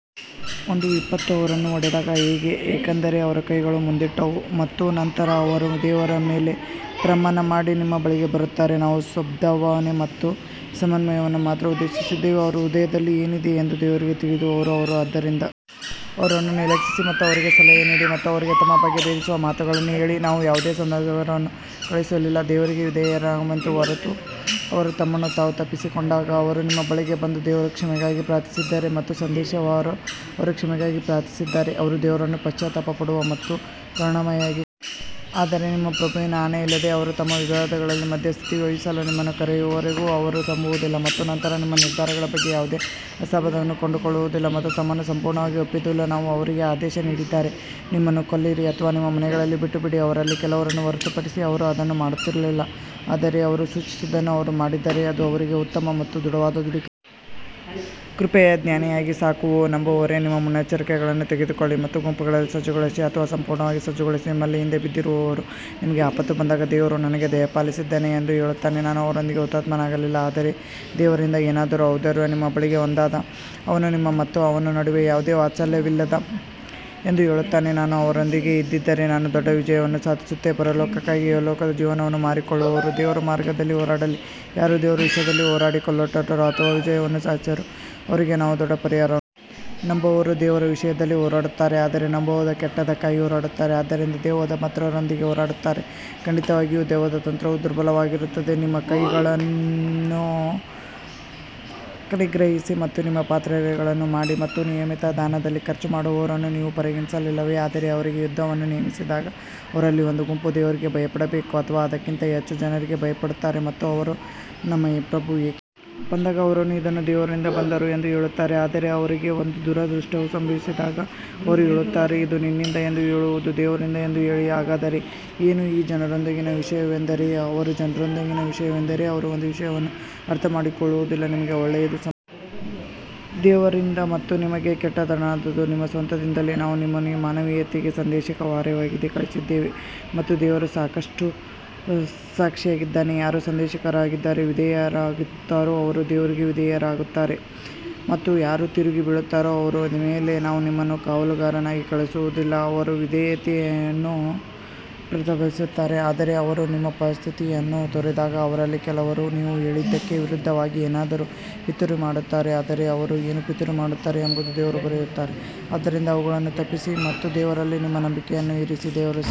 ಒಂದು ವಿಪತ್ತು ಅವರನ್ನು ಹೊಡೆದಾಗ ಹೇಗೆ, ಏಕೆಂದರೆ ಅವರ ಕೈಗಳು ಮುಂದಿಟ್ಟವು ಮತ್ತು ನಂತರ ಅವರು ದೇವರ ಮೇಲೆ ಪ್ರಮಾಣ ಮಾಡಿ ನಿಮ್ಮ ಬಳಿಗೆ ಬರುತ್ತಾರೆ ನಾವು ಸದ್ಭಾವನೆ ಮತ್ತು ಸಮನ್ವಯವನ್ನು ಮಾತ್ರ ಉದ್ದೇಶಿಸಿದ್ದೇವೆ ಅವರ ಹೃದಯದಲ್ಲಿ ಏನಿದೆ ಎಂದು ದೇವರಿಗೆ ತಿಳಿದಿರುವವರು ಅವರು ಆದ್ದರಿಂದ ಅವರನ್ನು ನಿರ್ಲಕ್ಷಿಸಿ ಮತ್ತು ಅವರಿಗೆ ಸಲಹೆ ನೀಡಿ ಮತ್ತು ಅವರಿಗೆ ತಮ್ಮ ಬಗ್ಗೆ ಭೇದಿಸುವ ಮಾತುಗಳನ್ನು ಹೇಳಿ ನಾವು ಯಾವುದೇ ಸಂದೇಶವಾಹಕರನ್ನು ಕಳುಹಿಸಲಿಲ್ಲ, ದೇವರಿಗೆ ವಿಧೇಯರಾಗಬೇಕೆ ಹೊರತು ಅವರು ತಮ್ಮನ್ನು ತಾವು ತಪ್ಪಿಸಿಕೊಂಡಾಗ ಅವರು ನಿಮ್ಮ ಬಳಿಗೆ ಬಂದು ದೇವರ ಕ್ಷಮೆಗಾಗಿ ಪ್ರಾರ್ಥಿಸಿದ್ದರೆ ಮತ್ತು ಸಂದೇಶವಾಹಕರು ಅವರ ಕ್ಷಮೆಗಾಗಿ ಪ್ರಾರ್ಥಿಸಿದ್ದರೆ ಅವರು ದೇವರನ್ನು ಪಶ್ಚಾತ್ತಾಪ ಪಡುವ ಮತ್ತು ಕರುಣಾಮಯಿಯಾಗಿ ಆದರೆ ನಿಮ್ಮ ಪ್ರಭುವಿನ ಆಣೆಯಿಲ್ಲದೆ ಅವರು ತಮ್ಮ ವಿವಾದಗಳಲ್ಲಿ ಮಧ್ಯಸ್ಥಿಕೆ ವಹಿಸಲು ನಿಮ್ಮನ್ನು ಕರೆಯುವವರೆಗೂ ಅವರು ನಂಬುವುದಿಲ್ಲ ಮತ್ತು ನಂತರ ನಿಮ್ಮ ನಿರ್ಧಾರಗಳ ಬಗ್ಗೆ ಯಾವುದೇ ಅಸಮಾಧಾನವನ್ನು ಕಂಡುಕೊಳ್ಳುವುದಿಲ್ಲ ಮತ್ತು ತಮ್ಮನ್ನು ಸಂಪೂರ್ಣವಾಗಿ ಒಪ್ಪಿಸುವುದಿಲ್ಲ. ನಾವು ಅವರಿಗೆ ಆದೇಶ ನೀಡಿದ್ದರೆ, ನಿಮ್ಮನ್ನು ಕೊಲ್ಲಿರಿ ಅಥವಾ ನಿಮ್ಮ ಮನೆಗಳನ್ನು ಬಿಟ್ಟುಬಿಡಿ, ಅವರಲ್ಲಿ ಕೆಲವರನ್ನು ಹೊರತುಪಡಿಸಿ ಅವರು ಅದನ್ನು ಮಾಡುತ್ತಿರಲಿಲ್ಲ ಆದರೆ ಅವರು ಸೂಚಿಸಿದ್ದನ್ನು ಅವರು ಮಾಡಿದ್ದರೆ ಅದು ಅವರಿಗೆ ಉತ್ತಮ ಮತ್ತು ದೃಢವಾದ ದೃಢಿ ಕೃಪೆಯು ಜ್ಞಾನಿಯಾಗಿ ಸಾಕು ಓ ನಂಬುವವರೇ ನಿಮ್ಮ ಮುನ್ನೆಚ್ಚರಿಕೆಗಳನ್ನು ತೆಗೆದುಕೊಳ್ಳಿ ಮತ್ತು ಗುಂಪುಗಳಲ್ಲಿ ಸಜ್ಜುಗೊಳಿಸಿ ಅಥವಾ ಸಂಪೂರ್ಣವಾಗಿ ಸಜ್ಜುಗೊಳಿಸಿ ನಿಮ್ಮಲ್ಲಿ ಹಿಂದೆ ಬಿದ್ದಿರುವವನು ನಿಮಗೆ ಆಪತ್ತು ಬಂದಾಗ ದೇವರು ನನಗೆ ದಯಪಾಲಿಸಿದ್ದಾನೆ ಎಂದು ಹೇಳುತ್ತಾನೆ ನಾನು ಅವರೊಂದಿಗೆ ಹುತಾತ್ಮನಾಗಲಿಲ್ಲ ಆದರೆ ದೇವರಿಂದ ಏನಾದರೂ ಔದಾರ್ಯವು ನಿಮ್ಮ ಬಳಿಗೆ ಬಂದಾಗ ಅವನು ನಿಮ್ಮ ಮತ್ತು ಅವನ ನಡುವೆ ಯಾವುದೇ ವಾತ್ಸಲ್ಯವಿಲ್ಲ ಎಂದು ಹೇಳುತ್ತಾನೆ, ನಾನು ಅವರೊಂದಿಗೆ ಇದ್ದಿದ್ದರೆ ನಾನು ದೊಡ್ಡ ವಿಜಯವನ್ನು ಸಾಧಿಸುತ್ತಿದ್ದೆ ಪರಲೋಕಕ್ಕಾಗಿ ಇಹಲೋಕದ ಜೀವನವನ್ನು ಮಾರಿಕೊಳ್ಳುವವರು ದೇವರ ಮಾರ್ಗದಲ್ಲಿ ಹೋರಾಡಲಿ, ಯಾರು ದೇವರ ವಿಷಯದಲ್ಲಿ ಹೋರಾಡಿ ಕೊಲ್ಲಲ್ಪಟ್ಟರೂ ಅಥವಾ ವಿಜಯವನ್ನು ಸಾಧಿಸಿದರೂ ಅವರಿಗೆ ನಾವು ದೊಡ್ಡ ಪರಿಹಾರ ನಂಬುವವರು ದೇವರ ವಿಷಯದಲ್ಲಿ ಹೋರಾಡುತ್ತಾರೆ ಆದರೆ ನಂಬದವರು ಕೆಟ್ಟದ್ದಕ್ಕಾಗಿ ಹೋರಾಡುತ್ತಾರೆ ಆದ್ದರಿಂದ ದೆವ್ವದ ಮಿತ್ರರೊಂದಿಗೆ ಹೋರಾಡುತ್ತಾರೆ, ಖಂಡಿತವಾಗಿಯೂ ದೆವ್ವದ ತಂತ್ರವು ದುರ್ಬಲವಾಗಿರುತ್ತದೆ ನಿಮ್ಮ ಕೈಗಳನ್ನು ನಿಗ್ರಹಿಸಿ ಮತ್ತು ನಿಮ್ಮ ಪ್ರಾರ್ಥನೆಗಳನ್ನು ಮಾಡಿ ಮತ್ತು ನಿಯಮಿತ ದಾನದಲ್ಲಿ ಖರ್ಚು ಮಾಡುವವರನ್ನು ನೀವು ಪರಿಗಣಿಸಲಿಲ್ಲವೇ ಆದರೆ ಅವರಿಗೆ ಯುದ್ಧವನ್ನು ನೇಮಿಸಿದಾಗ ಅವರಲ್ಲಿ ಒಂದು ಗುಂಪು ದೇವರಿಗೆ ಭಯಪಡಬೇಕು ಅಥವಾ ಅದಕ್ಕಿಂತ ಹೆಚ್ಚು ಜನರಿಗೆ ಭಯಪಡುತ್ತಾರೆ ಮತ್ತು ಅವರು ನಮ್ಮ ಪ್ರಭು ಏಕೆ ಬಂದಾಗ ಅವರು ಇದನ್ನು ದೇವರಿಂದ ಬಂದರು ಎಂದು ಹೇಳುತ್ತಾರೆ ಆದರೆ ಅವರಿಗೆ ಒಂದು ದುರದೃಷ್ಟವು ಸಂಭವಿಸಿದಾಗ ಅವರು ಹೇಳುತ್ತಾರೆ ಇದು ನಿನ್ನಿಂದ ಎಂದು ಹೇಳುವುದು ದೇವರಿಂದ ಎಂದು ಹೇಳಿ ಹಾಗಾದರೆ ಏನು ಈ ಜನರೊಂದಿಗಿನ ವಿಷಯವೆಂದರೆ ಅವರು ಒಂದು ವಿಷಯವನ್ನು ಅರ್ಥಮಾಡಿಕೊಳ್ಳುವುದಿಲ್ಲ ನಿಮಗೆ ಒಳ್ಳೆಯದು ದೇವರಿಂದ ಮತ್ತು ನಿಮಗೆ ಕೆಟ್ಟದ್ದೇನಾದರೂ ನಿಮ್ಮ ಸ್ವಂತದಿಂದಲೇ ನಾವು ನಿಮ್ಮನ್ನು ಮಾನವೀಯತೆಗೆ ಸಂದೇಶವಾಹಕರಾಗಿ ಕಳುಹಿಸಿದ್ದೇವೆ ಮತ್ತು ದೇವರು ಸಾಕಷ್ಟು ಸಾಕ್ಷಿಯಾಗಿದ್ದಾನೆ ಯಾರು ಸಂದೇಶವಾಹಕರಿಗೆ ವಿಧೇಯರಾಗುತ್ತಾರೋ ಅವರು ದೇವರಿಗೆ ವಿಧೇಯರಾಗುತ್ತಾರೆ ಮತ್ತು ಯಾರು ತಿರುಗಿ ಬೀಳುತ್ತಾರೋ ಅವರ ಮೇಲೆ ನಾವು ನಿಮ್ಮನ್ನು ಕಾವಲುಗಾರನಾಗಿ ಕಳುಹಿಸಲಿಲ್ಲ ಅವರು ವಿಧೇಯತೆಯನ್ನು ಪ್ರತಿಪಾದಿಸುತ್ತಾರೆ ಆದರೆ ಅವರು ನಿಮ್ಮ ಉಪಸ್ಥಿತಿಯನ್ನು ತೊರೆದಾಗ ಅವರಲ್ಲಿ ಕೆಲವರು ನೀವು ಹೇಳಿದ್ದಕ್ಕೆ ವಿರುದ್ಧವಾಗಿ ಏನಾದರೂ ಪಿತೂರಿ ಮಾಡುತ್ತಾರೆ ಆದರೆ ಅವರು ಏನು ಪಿತೂರಿ ಮಾಡುತ್ತಾರೆ ಎಂಬುದನ್ನು ದೇವರು ಬರೆಯುತ್ತಾನೆ ಆದ್ದರಿಂದ ಅವುಗಳನ್ನು ತಪ್ಪಿಸಿ ಮತ್ತು ದೇವರಲ್ಲಿ ನಿಮ್ಮ ನಂಬಿಕೆಯನ್ನು ಇರಿಸಿ ದೇವರೇ